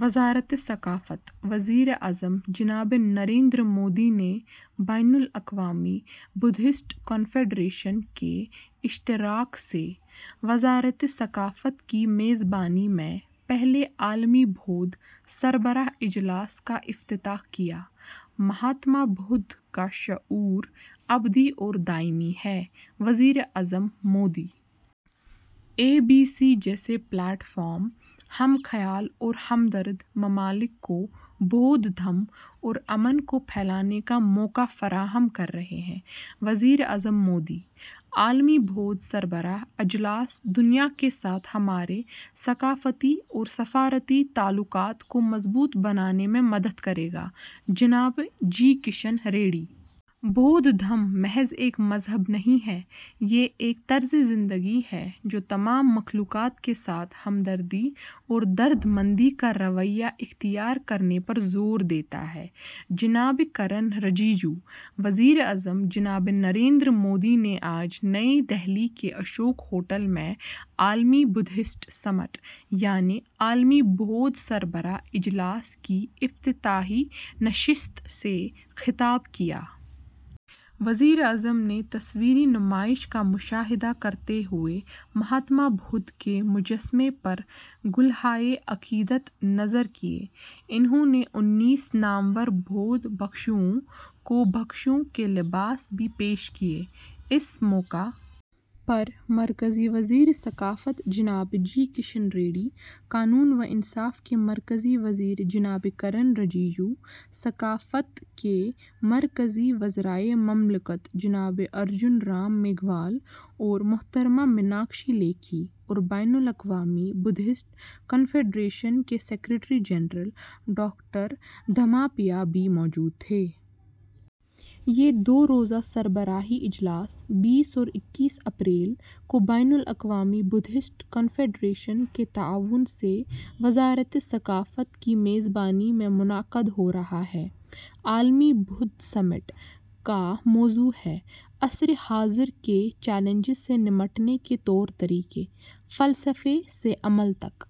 وزارتِ ثقافت۔ وزیر اعظم جناب نریندر مودی نے بین الاقوامی بدھسٹ کنفیڈریشن کے اشتراک سے وزارتِ ثقافت کی میزبانی میں پہلے عالمی بودھ سربراہ اجلاس کا افتتاح کیا۔ ''مہاتما بدھ کا شعور ابدی اور دائمی ہے'': وزیر اعظم مودی۔ ''آئی بی سی جیسے پلیٹ فارم ہم خیال اور ہمدرد ممالک کو بودھ دھم اور امن کو پھیلانے کا موقع فراہم کر رہے ہیں'': وزیر اعظم مودی۔ عالمی بودھ سربراہ اجلاس دنیا کے ساتھ ہمارے ثقافتی اور سفارتی تعلقات کو مضبوط بنانے میں مدد کرے گا: جناب جی کشن ریڈی۔ بودھ دھم محض ایک مذہب نہیں ہے، یہ ایک طرزِ زندگی ہے، جو تمام مخلوقات کے ساتھ ہمدردی اور درد مندی کا رویہ اختیار کرنے پر زور دیتا ہے: جناب کرن رجیجو۔ وزیر اعظم جناب نریندر مودی نے آج نئی دہلی کے اشوک ہوٹل میں عالمی بدھسٹ سمٹ، یعنی عالمی بودھ سربراہ اجلاس کی افتتاحی نشست سے خطاب کیا۔ وزیر اعظم نے تصویری نمائش کا مشاہدہ کرتے ہوئے مہاتما بدھ کے مجسمے پر گلہائے عقیدت نذر کیے۔ انہوں نے انیس نامور بودھ بھکشوؤں کو بھکشو کے لباس بھی پیش کیے۔ اس موقع پر مرکزی وزیر ثقافت جناب جی کشن ریڈی، قانون و انصاف کے مرکزی وزیر جناب کرن رجیجو، ثقافت کے مرکزی وزرائے مملکت جناب ارجن رام میگھوال اور محترمہ میناکشی لیکھی اور بین الاقوامی بدھسٹ کنفیڈریشن کے سکریٹری جنرل ڈاکٹر دھماپیا بھی موجود تھے۔ یہ دو روزہ سربراہی اجلاس، بیس اور اکیس اپریل کو بین الاقوامی بدھسٹ کنفیڈریشن کے تعاون سے وزارتِ ثقافت کی میزبانی میں منعقد ہو رہا ہے۔ عالمی بدھ سمٹ کا موضوع ہے ''عصرِ حاضر کے چیلنجز سے نمٹنے کے طور طریقے: فلسفے سے عمل تک''۔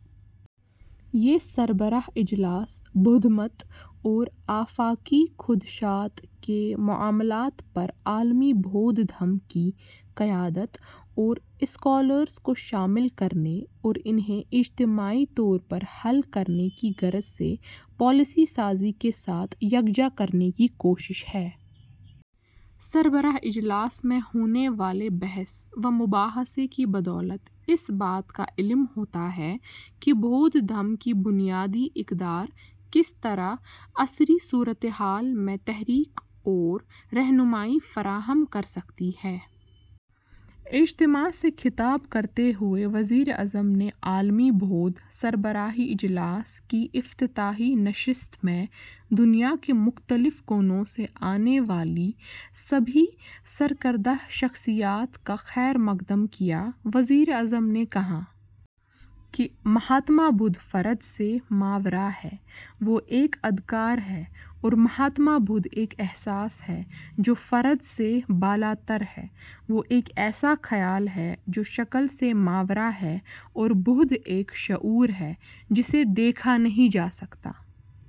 یہ سربراہ اجلاس بدھ مت اور آفاقی خدشات کے معاملات پر عالمی بودھ دھم کی قیادت اور اسکالرز کو شامل کرنے اور انہیں اجتماعی طور پر حل کرنے کی غرض سے پالیسی سازی کے ساتھ یکجا کرنے کی کوشش ہے۔ سربراہ اجلاس میں ہونے والے بحث و مباحثے کی بدولت اس بات کا علم ہوتا ہے کہ بودھ دھم کی بنیادی اقدار کس طرح عصری صورتحال میں تحریک اور رہنمائی فراہم کر سکتی ہیں۔ اجتماع سے خطاب کرتے ہوئے وزیر اعظم نے عالمی بودھ سربراہی اجلاس کی افتتاحی نشست میں دنیا کے مختلف کونوں سے آنے والی سبھی سرکردہ شخصیات کا خیرمقدم کیا۔ وزیر اعظم نے کہا کہ ''مہاتما بدھ فرد سے ماورا ہیں، وہ ایک ادراک ہیں''، اور مہاتما بدھ ایک احساس ہیں، جو فرد سے بالاتر ہیں، وہ ایک ایسا خیال ہیں، جو شکل سے ماورا ہے اور بدھ ایک شعور ہیں، جسے دیکھا نہیں جا سکتا۔